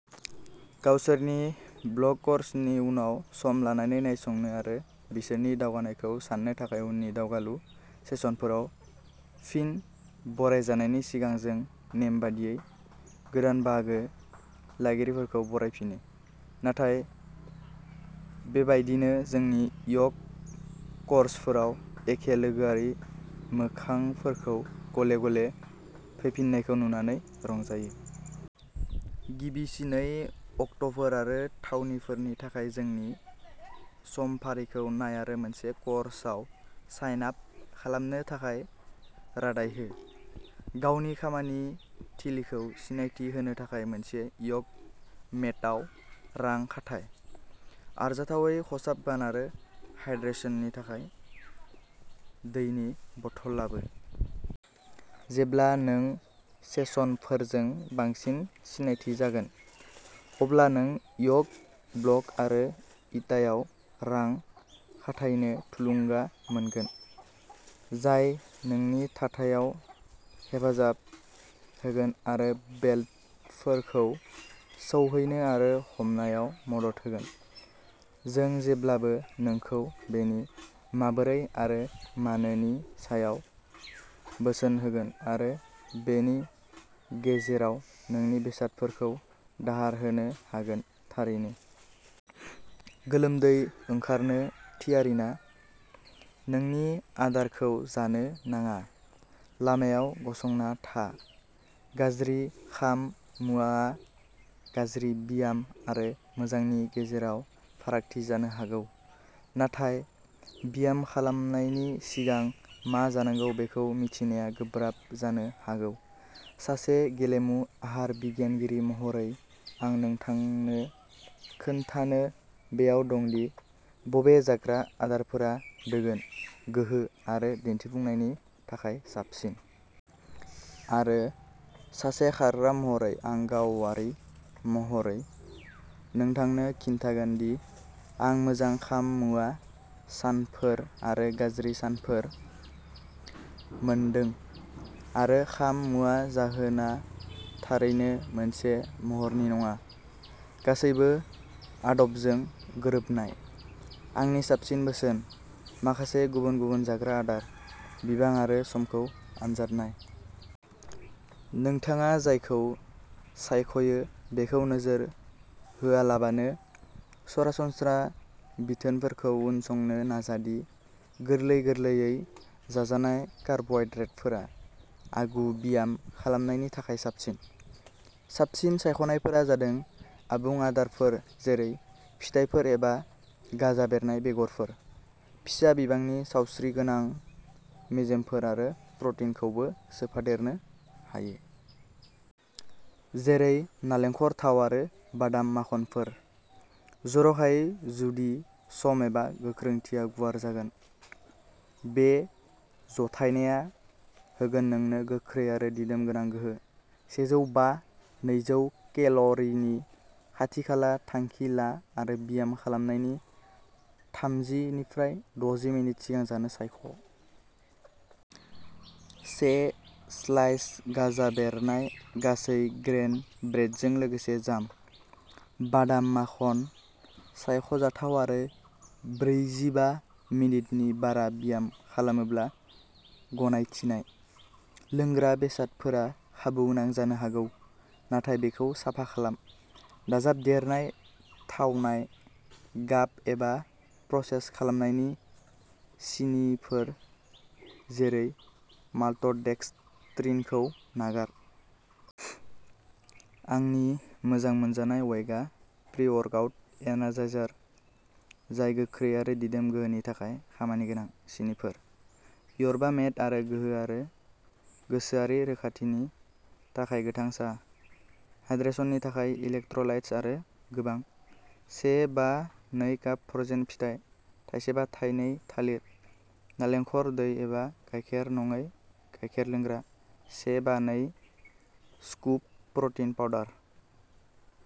गावसोरनि ब्लक कर्सनि उनाव सम लानानै नायसंनो आरो बिसोरनि दावगानायखौ साननो थाखाय उननि दावगालु सेसनफोराव फिन बरायजानायनि सिगां जों नेमबादियै गोदान बाहागो लागिरिफोरखौ बरायफिनो। नाथाय बेबायदिनो जोंनि य'ग कर्सफोराव एखे लोगोआरि मोखांफोरखौ गले-गले फैफिन्नायखौ नुनानै रंजायो। गिबिसिनै अक्ट'फोर आरो थावनिफोरनि थाखाय जोंनि समफारिखौ नाय आरो मोनसे कर्सआव साइन आप खालामनो थाखाय रादाय हो। गावनि खामानि थिलिखौ सिनायथि होनो थाखाय मोनसे य'ग मेटआव रां खाथाय। आरजाथावै खसाब गान आरो हाइड्रेशननि थाखाय दैनि बथल लाबो। जेब्ला नों सेसनफोरजों बांसिन सिनायथि जागोन अब्ला नों य'ग ब्लक आरो इटायाव रां खाथायनो थुलुंगा मोनगोन, जाय नोंनि थाथायाव हेफाजाब होगोन आरो बेल्टफोरखौ सौहैनो आरो हमनायाव मदद होगोन। जों जेब्लाबो नोंखौ बेनि 'माबोरै' आरो 'मानो' नि सायाव बोसोन होगोन आरो बेनि गेजेराव नोंनो बेसादफोरखौ दाहार होनो हागोन, थारैनो। गोलोमदै ओंखारनो थियारि ना? नोंनि आदारखौ जानो नाङा। लामायाव गसंना था। गाज्रि खाम-मुवाआ गाज्रि ब्याम आरो मोजांनि गेजेराव फारागथि जानो हागौ। नाथाय ब्याम खालामनायनि सिगां मा जानांगौ बेखौ मिथिनाया गोब्राब जानो हागौ। सासे गेलेमु आहार बिगियानगिरि महरै आं नोंथांनो खोन्थानो बेयाव दं दि बबे जाग्रा आदारफोरा दोगोन, गोहो आरो दिन्थिफुंनायनि थाखाय साबसिन। आरो सासे खारग्रा महरै आं गावारि महरै नोंथांनो खिन्थागोन दि आं मोजां खाम-मुवा सानफोर आरो गाज्रि सानफोर मोनदों आरो खाम-मुवा जाहोना थारैनो मोनसे महरनि नङा, गासैबो आदबजों गोरोबनाय। आंनि साबसिन बोसोनः माखासे गुबुन-गुबुन जाग्रा आदार, बिबां आरो समखौ आनजाद नाय। नोंथाङा जायखौ सायख'यो बेखौ नोजोर होआलाबानो सरासनस्रा बिथोनफोरखौ उनसंनो नाजा दि गोरलै- गोरलैयै जाजानाय कार्बहाइड्रेटफोरा आगु ब्याम खालामनायनि थाखाय साबसिन। साबसिन सायख'नायफोरा जादों आबुं आदारफोर जेरै फिथाइफोर एबा गाजा बेरनाय बेगरफोर। फिसा बिबांनि सावस्रिगोनां मेजेमफोर आरो प्रटिनखौबो सोफादेरनो हायो। जेरै नालेंखर थाव आरो बादाम माखनफोर, जर'खायै जुदि सम एबा गोख्रोंथिया गुवार जागोन। बे जथायनाया होगोन नोंनो गोख्रै आरो दिदोम गोनां गोहो । सेजौ बा नैजौ केल'रिनि खाथि-खाला थांखि ला आरो ब्याम खालामनायनि थामजि निफ्राइ दजि मिनिट सिगां जानो सायख'। से स्लाइस गाजा बेरनाय गासै ग्रेइन ब्रेडजों लोगोसे जाम, बादाम माखन सायख'जाथाव आरो ब्रैजिबा मिनिटनि बारा ब्याम खालामोब्ला गनायथिनाय। लोंग्रा बेसादफोरा खाबुगोनां जानो हागौ, नाथाय बेखौ साफा खालाम। दाजाबदेरनाय थावनाय, गाब एबा प्रसेस खालामनाय सिनिफोर जेरै माल्ट'डेक्सट्रिनखौ नागार। आंनि मोजां मोनजानाय वेगा प्रीवर्कआउट एनार्जाइजार, जाय गोख्रै आरो दिदोम गोहोनि थाखाय खामानिगोनां सिनिफोर, यरबा मेट आरो गोहो आरो गोसोआरि रोखाथिनि थाखाय गोथां साहा, हाइड्रेशननि थाखाय इलेक्ट्र'लाइट्स आरो गोबां। से बा नै काप फ्र'जेन फिथाइ, थाइसे बा थाइनै थालिर, नालेंखर दै एबा गायखेर-नङै गायखेर लोंग्रा, से बा नै स्कुप प्र'टिन पाउडार।